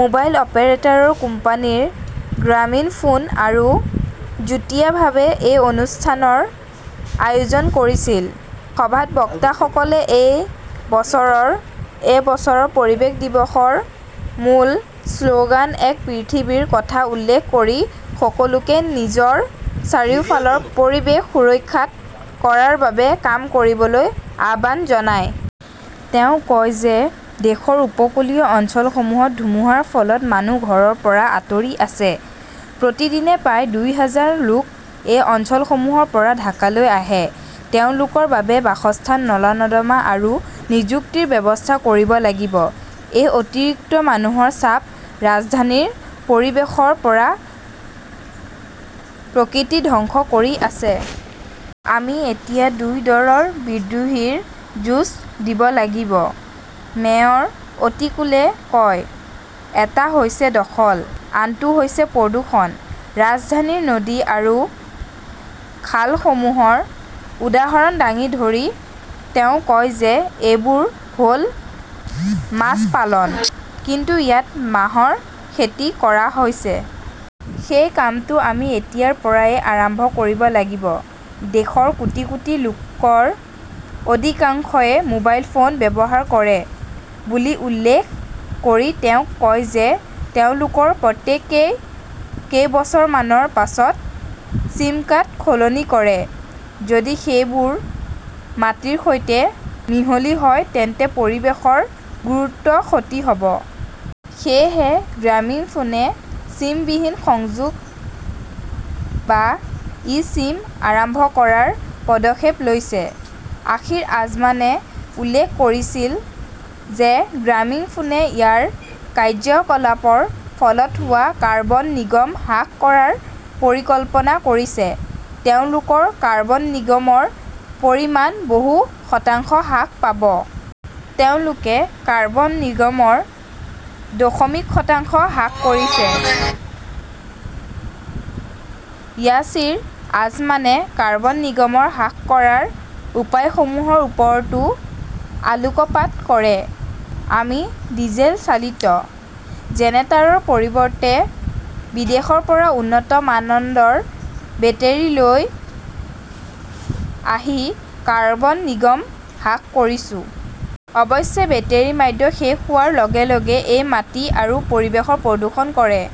Mobile operator company Grameenphone আৰু যুটীয়াভাৱে এই অনুষ্ঠানৰ আয়োজন কৰিছিল। সভাত বক্তাসকলে এই বছৰৰ এই বছৰৰ পৰিৱেশ দিৱসৰ মূল শ্লোগান এক পৃথিৱীৰ কথা উল্লেখ কৰি সকলোকে নিজৰ চাৰিওফালৰ পৰিৱেশ সুৰক্ষিত কৰাৰ বাবে কাম কৰিবলৈ আহ্বান জনায়। তেওঁ কয় যে দেশৰ উপকূলীয় অঞ্চলসমূহত ধুমুহাৰ ফলত মানুহ ঘৰৰ পৰা আঁতৰি আছে। প্ৰতিদিনে প্ৰায় দুই হাজাৰ লোক এই অঞ্চলসমূহৰ পৰা ঢাকালৈ আহে। তেওঁলোকৰ বাবে বাসস্থান, নলা-নৰ্দমা আৰু নিযুক্তিৰ ব্যৱস্থা কৰিব লাগিব। এই অতিৰিক্ত মানুহৰ চাপ ৰাজধানীৰ পৰিৱেশৰ পৰা প্ৰকৃতি ধ্বংস কৰি আছে। "আমি এতিয়া দুই দৰৰ বিদ্ৰোহীৰ যুঁজ দিব লাগিব", মেয়ৰ অতিকুলে কয়। এটা হৈছে দখল, আনটো হৈছে প্ৰদূষণ। "ৰাজধানীৰ নদী আৰু খালসমূহৰ উদাহৰণ দাঙি ধৰি তেওঁ কয় যে এইবোৰ হ'ল মাছ পালন। কিন্তু ইয়াত মাহৰ খেতি কৰা হৈছে। সেই কামটো আমি এতিয়াৰ পৰাই আৰম্ভ কৰিব লাগিব।" দেশৰ কোটি কোটি লোকৰ অধিকাংশই মোবাইল ফোন ব্যৱহাৰ কৰে বুলি উল্লেখ কৰি তেওঁ কয় যে তেওঁলোকৰ প্ৰত্যেকেই কেইবছৰমানৰ পাছত চিমকাৰ্ড সলনি কৰে। যদি সেইবোৰ মাটিৰ সৈতে মিহলি হয় তেন্তে পৰিৱেশৰ গুৰুতৰ ক্ষতি হ'ব। সেয়েহে গ্ৰামীণফোনে চিমবিহীন সংযোগ বা ই-চিম আৰম্ভ কৰাৰ পদক্ষেপ লৈছে। য়াসিৰ আজমানে উল্লেখ কৰিছিল যে গ্ৰামীণফোনে ইয়াৰ কাৰ্যকলাপৰ ফলত হোৱা কাৰ্বন নিৰ্গমন হ্ৰাস কৰাৰ পৰিকল্পনা কৰিছে। তেওঁলোকৰ কাৰ্বন নিগমৰ পৰিমাণ বহু শতাংশ হ্ৰাস পাব। তেওঁলোকে কাৰ্বন নিগমৰ দশমিক শতাংশ হ্ৰাস কৰিছে। ইয়াছিৰ আজমানে কাৰ্বন নিগমন হ্ৰাস কৰাৰ উপায়সমূহৰ ওপৰতো আলোকপাত কৰে। "আমি ডিজেল চালিত জেনেৰেটৰৰ পৰিৱৰ্তে বিদেশৰ পৰা উন্নত মানদণ্ডৰ বেটাৰী লৈ আহি কাৰ্বন নিগমৰ হ্ৰাস কৰিছোঁ। অৱশ্যে, বেটেৰি ম্যাদ শেষ হোৱাৰ লগে লগে এই মাটি আৰু পৰিৱেশ প্ৰদূষন কৰে।"